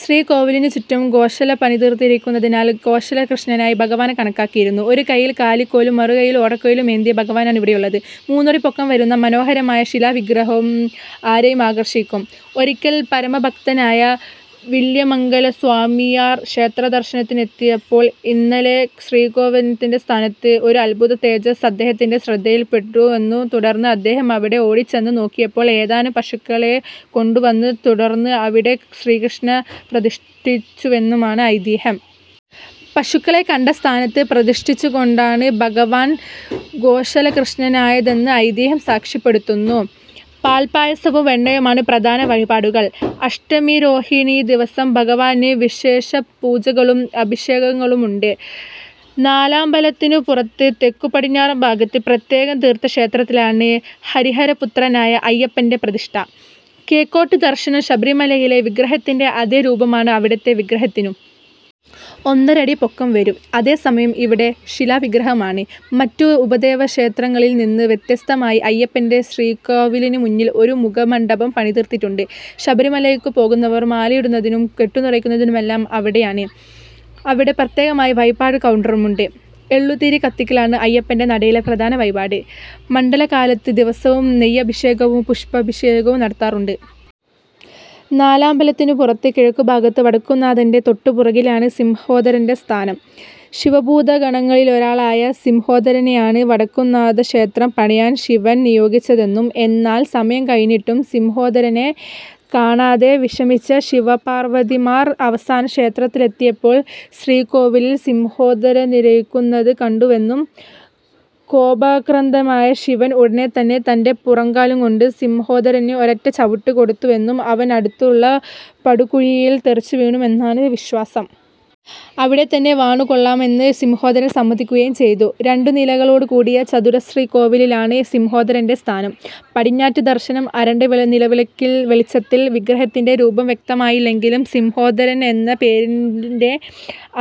ശ്രീകോവിലിനുചുറ്റും ഗോശാല പണിതീർത്തിരിയ്ക്കുന്നതിനാൽ ഗോശാലകൃഷ്ണനായി ഭഗവാനെ കണക്കാക്കിവരുന്നു. ഒരുകയ്യിൽ കാലിക്കോലും മറുകയ്യിൽ ഓടക്കുഴലുമേന്തിയ ഭഗവാനാണ് ഇവിടെയുള്ളത്. മൂന്നടി പൊക്കം വരുന്ന മനോഹരമായ ശിലാവിഗ്രഹം ആരെയും ആകർഷിയ്ക്കും. ഒരിയ്ക്കൽ പരമഭക്തനായ വില്വമംഗലം സ്വാമിയാർ ക്ഷേത്രദർശനത്തിനെത്തിയപ്പോൾ ഇന്നത്തെ ശ്രീകോവിലിന്റെ സ്ഥാനത്ത് ഒരു അത്ഭുതതേജസ്സ് അദ്ദേഹത്തിന്റെ ശ്രദ്ധയിൽ പെട്ടുവെന്നും തുടർന്ന് അദ്ദേഹം അവിടെ ഓടിച്ചെന്ന് നോക്കിയപ്പോൾ ഏതാനും പശുക്കളെ കണ്ടുവെന്നും തുടർന്ന് അവിടെ ശ്രീകൃഷ്ണനെ പ്രതിഷ്ഠിച്ചുവെന്നുമാണ് ഐതിഹ്യം. പശുക്കളെ കണ്ട് സ്ഥാനത്ത് പ്രതിഷ്ഠിച്ചതുകൊണ്ടാണ് ഭഗവാൻ ഗോശാലകൃഷ്ണനായതെന്ന് ഐതിഹ്യം സാക്ഷ്യപ്പെടുത്തുന്നു. പാൽപ്പായസവും വെണ്ണയുമാണ് പ്രധാന വഴിപാടുകൾ. അഷ്ടമിരോഹിണിദിവസം ഭഗവാന് വിശേഷാൽ പൂജകളും അഭിഷേകങ്ങളുമുണ്ട്. നാലമ്പലത്തിനുപുറത്ത് തെക്കുപടിഞ്ഞാറുഭാഗത്ത് പ്രത്യേകം തീർത്ത ക്ഷേത്രത്തിലാണ് ഹരിഹരപുത്രനായ അയ്യപ്പന്റെ പ്രതിഷ്ഠ. കിഴക്കോട്ട് ദർശനം. ശബരിമലയിലെ വിഗ്രഹത്തിന്റെ അതേ രൂപമാണ് ഇവിടത്തെ വിഗ്രഹത്തിനും. ഒന്നരയടി പൊക്കം വരും. അതേസമയം ഇവിടെ ശിലാവിഗ്രഹമാണ്. മറ്റ് ഉപദേവതാക്ഷേത്രങ്ങളിൽനിന്ന് വ്യത്യസ്തമായി അയ്യപ്പന്റെ ശ്രീകോവിലിനുമുന്നിൽ ഒരു മുഖമണ്ഡപം പണിതീർത്തിട്ടുണ്ട്. ശബരിമലയ്ക്ക് പോകുന്നവർ മാലയിടുന്നതും കെട്ടുനിറയ്ക്കുന്നതുമെല്ലാം അവിടെയാണ്. അവിടെ പ്രത്യേകമായി വഴിപാട് കൗണ്ടറുമുണ്ട്. എള്ളുതിരി കത്തിയ്ക്കലാണ് അയ്യപ്പന്റെ നടയിലെ പ്രധാന വഴിപാട്. മണ്ഡലകാലത്ത് ദിവസവും നെയ്യഭിഷേകവും പുഷ്പാഭിഷേകവും നടത്താറുണ്ട്. നാലമ്പലത്തിനുപുറത്ത് കിഴക്കുഭാഗത്ത് വടക്കുംനാഥന്റെ തൊട്ടുപുറകിലാണ് സിംഹോദരന്റെ സ്ഥാനം. ശിവഭൂതഗണങ്ങളിലൊരാളായ സിംഹോദരനെയാണ് വടക്കുംനാഥക്ഷേത്രം പണിയാൻ ശിവൻ നിയോഗിച്ചതെന്നും എന്നാൽ സമയം കഴിഞ്ഞിട്ടും സിംഹോദരനെ കാണാതെ വിഷമിച്ച ശിവപാർവ്വതിമാർ അവസാനം ക്ഷേത്രത്തിലെത്തിയപ്പോൾ ശ്രീകോവിലിൽ സിംഹോദരനിരിയ്ക്കുന്നത് കണ്ടുവെന്നും കോപാക്രാന്തനായ ശിവൻ ഉടനെത്തന്നെ തന്റെ പുറംകാലുകൊണ്ട് സിംഹോദരന് ഒരൊറ്റ ചവിട്ടുകൊടുത്തുവെന്നും അവൻ അടുത്തുള്ള പടുകുഴിയിൽ തെറിച്ചുവീണുവെന്നുമാണ് വിശ്വാസം. അവിടെത്തന്നെ വാണുകൊള്ളാമെന്ന് സിംഹോദരൻ സമ്മതിയ്ക്കുകയും ചെയ്തു. രണ്ടുനിലകളോടുകൂടിയ ചതുരശ്രീകോവിലിലാണ് സിംഹോദരന്റെ സ്ഥാനം. പടിഞ്ഞാട്ട് ദർശനം. അരണ്ട നിലവിളക്കിൻ വെളിച്ചത്തിൽ വിഗ്രഹത്തിന്റെ രൂപം വ്യക്തമാകില്ലെങ്കിലും സിംഹോദരൻ എന്ന പേരിനെ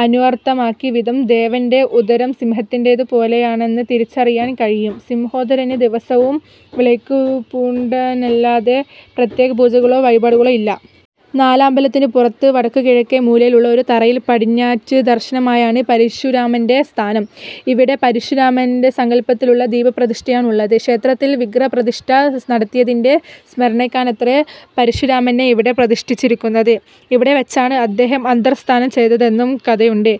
അന്വർത്ഥമാക്കും വിധം ദേവന്റെ ഉദരം സിംഹത്തിന്റേതുപോലെയാണെന്നത് തിരിച്ചറിയാൻ കഴിയും. സിംഹോദരന് ദിവസവും വിളക്കുവയ്പുണ്ടെന്നല്ലാതെ പ്രത്യേകപൂജകളോ വഴിപാടുകളോ ഇല്ല. നാലമ്പലത്തിനുപുറത്ത് വടക്കുകിഴക്കേമൂലയിലുള്ള ഒരു തറയിൽ പടിഞ്ഞാട്ട് ദർശനമായാണ് പരശുരാമന്റെ സ്ഥാനം. ഇവിടെ പരശുരാമസങ്കല്പത്തിലുള്ള ദീപപ്രതിഷ്ഠയാണുള്ളത്. ക്ഷേത്രത്തിൽ വിഗ്രഹപ്രതിഷ്ഠ നടത്തിയതിന്റെ സ്മരണയ്ക്കാണത്രേ പരശുരാമനെ ഇവിടെ പ്രതിഷ്ഠിച്ചിരിയ്ക്കുന്നത്. ഇവിടെ വച്ചാണ് അദ്ദേഹം അന്തർദ്ധാനം ചെയ്തതെന്നും കഥയുണ്ട്.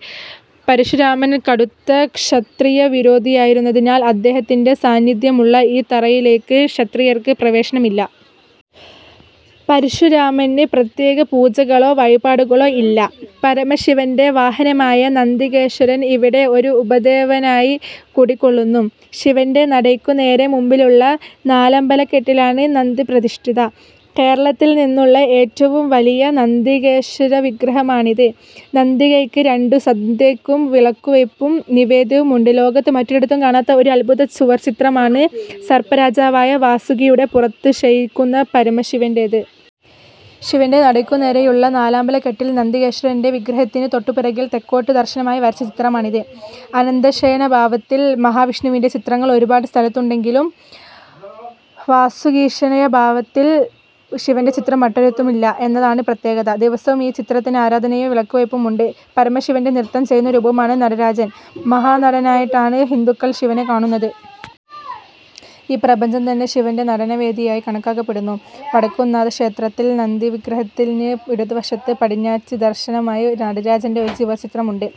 പരശുരാമൻ കടുത്ത ക്ഷത്രിയവിരോധിയായതിനാൽ അദ്ദേഹത്തിന്റെ സാന്നിദ്ധ്യമുള്ള ഈ തറയിലേയ്ക്ക് ക്ഷത്രിയർക്ക് പ്രവേശനമില്ല. പരശുരാമന് പ്രത്യേകപൂജകളോ വഴിപാടുകളോ ഇല്ല. പരമശിവന്റെ വാഹനമായ നന്തികേശ്വരൻ ഇവിടെ ഒരു ഉപദേവനായി കുടികൊള്ളുന്നു. ശിവന്റെ നടയ്ക്കുനേരെ മുമ്പിലുള്ള നാലമ്പലക്കെട്ടിലാണ് നന്തിപ്രതിഷ്ഠ. കേരളത്തിൽ ഇന്നുള്ള ഏറ്റവും വലിയ നന്തിവിഗ്രഹമാണിത്. നന്തിയ്ക്ക് രണ്ട് സന്ധ്യയ്ക്കും വിളക്കുവയ്പും നിവേദ്യവുമുണ്ട്. ലോകത്ത് മറ്റൊരിടത്തും കാണാത്ത ഒരു അത്ഭുത ചുവർച്ചിത്രമാണ് സർപ്പരാജാവായ വാസുകിയുടെ പുറത്ത് ശയിയ്ക്കുന്ന പരമശിവന്റേത്. ശിവന്റെ നടയ്ക്കുനേരെയുള്ള നാലമ്പലക്കെട്ടിൽ നന്തികേശ്വരന്റെ വിഗ്രഹത്തിന് തൊട്ടുപുറകിൽ തെക്കോട്ട് ദർശനമായി വരച്ച ചിത്രമാണിത്. അനന്തശയനഭാവത്തിൽ മഹാവിഷ്ണുവിന്റെ ചിത്രങ്ങൾ ഒരുപാട് സ്ഥലങ്ങളിലുണ്ടെങ്കിലും വാസുകീശയനഭാവത്തിൽ ശിവന്റെ ചിത്രം മറ്റൊരിടത്തുമില്ല എന്നതാണ് പ്രത്യേകത. ദിവസവും ഈ ചിത്രത്തിന് ആരാധനയും വിളക്കുവയ്പുമുണ്ട്. പരമശിവന്റെ നൃത്തം ചെയ്യുന്ന രൂപമാണ് നടരാജൻ. മഹാനടനനായിട്ടാണ് ഹിന്ദുക്കൾ ശിവനെ കാണുന്നത്. ഈ പ്രപഞ്ചം തന്നെ ശിവന്റെ നടനവേദിയായി കണക്കാക്കപ്പെടുന്നു. വടക്കുംനാഥക്ഷേത്രത്തിൽ നന്തിവിഗ്രഹത്തിന് ഇടതുവശത്ത് പടിഞ്ഞാട്ട് ദർശനമായി നടരാജന്റെ ഒരു ചുവർച്ചിത്രമുണ്ട്.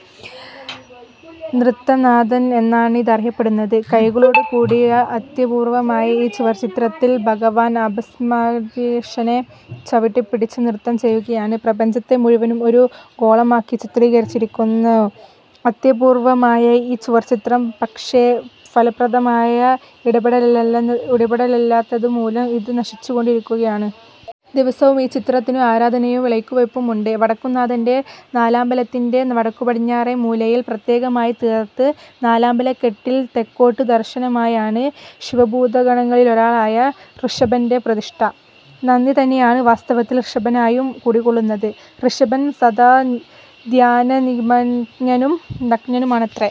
നൃത്തനാഥൻ എന്നാണ് ഇതറിയപ്പെടുന്നത്. കൈകളോടുകൂടിയ അത്യപൂർവ്വമായ ഈ ചുവർച്ചിത്രത്തിൽ ഭഗവാൻ അപസ്മാരയക്ഷനെ ചവുട്ടിപ്പിടിച്ച് നൃത്തം ചെയ്യുകയാണ്. പ്രപഞ്ചത്തെ മുഴുവൻ ഒരു ഗോളമാക്കി ചിത്രികരിച്ചിരിയ്ക്കുന്നു. അത്യപൂർവ്വമായ ഈ ചുവർച്ചിത്രം, പക്ഷേ ഫലപ്രദമായ ഇടപെടലില്ലാത്തതുമൂലം ഇത് നശിച്ചുകൊണ്ടിരിയ്ക്കുകയാണ്. ദിവസവും ഈ ചിത്രത്തിനും ആരാധനയും വിളക്കുവയ്പുമുണ്ട്. വടക്കുംനാഥന്റെ നാലമ്പലത്തിന്റെ വടക്കുപടിഞ്ഞാറേമൂലയിൽ പ്രത്യേകമായിത്തീർത്ത് നാലമ്പലക്കെട്ടിൽ തെക്കോട്ട് ദർശനമായാണ് ശിവഭൂതഗണങ്ങളിലൊരാളായ ഋഷഭന്റെ പ്രതിഷ്ഠ. നന്ദി തന്നെയാണ് വാസ്തവത്തിൽ ഋഷഭനായും കുടികൊള്ളുന്നത്. ഋഷഭൻ സദാ ധ്യാനനിമഗ്നനും നഗ്നണുമാണത്രേ!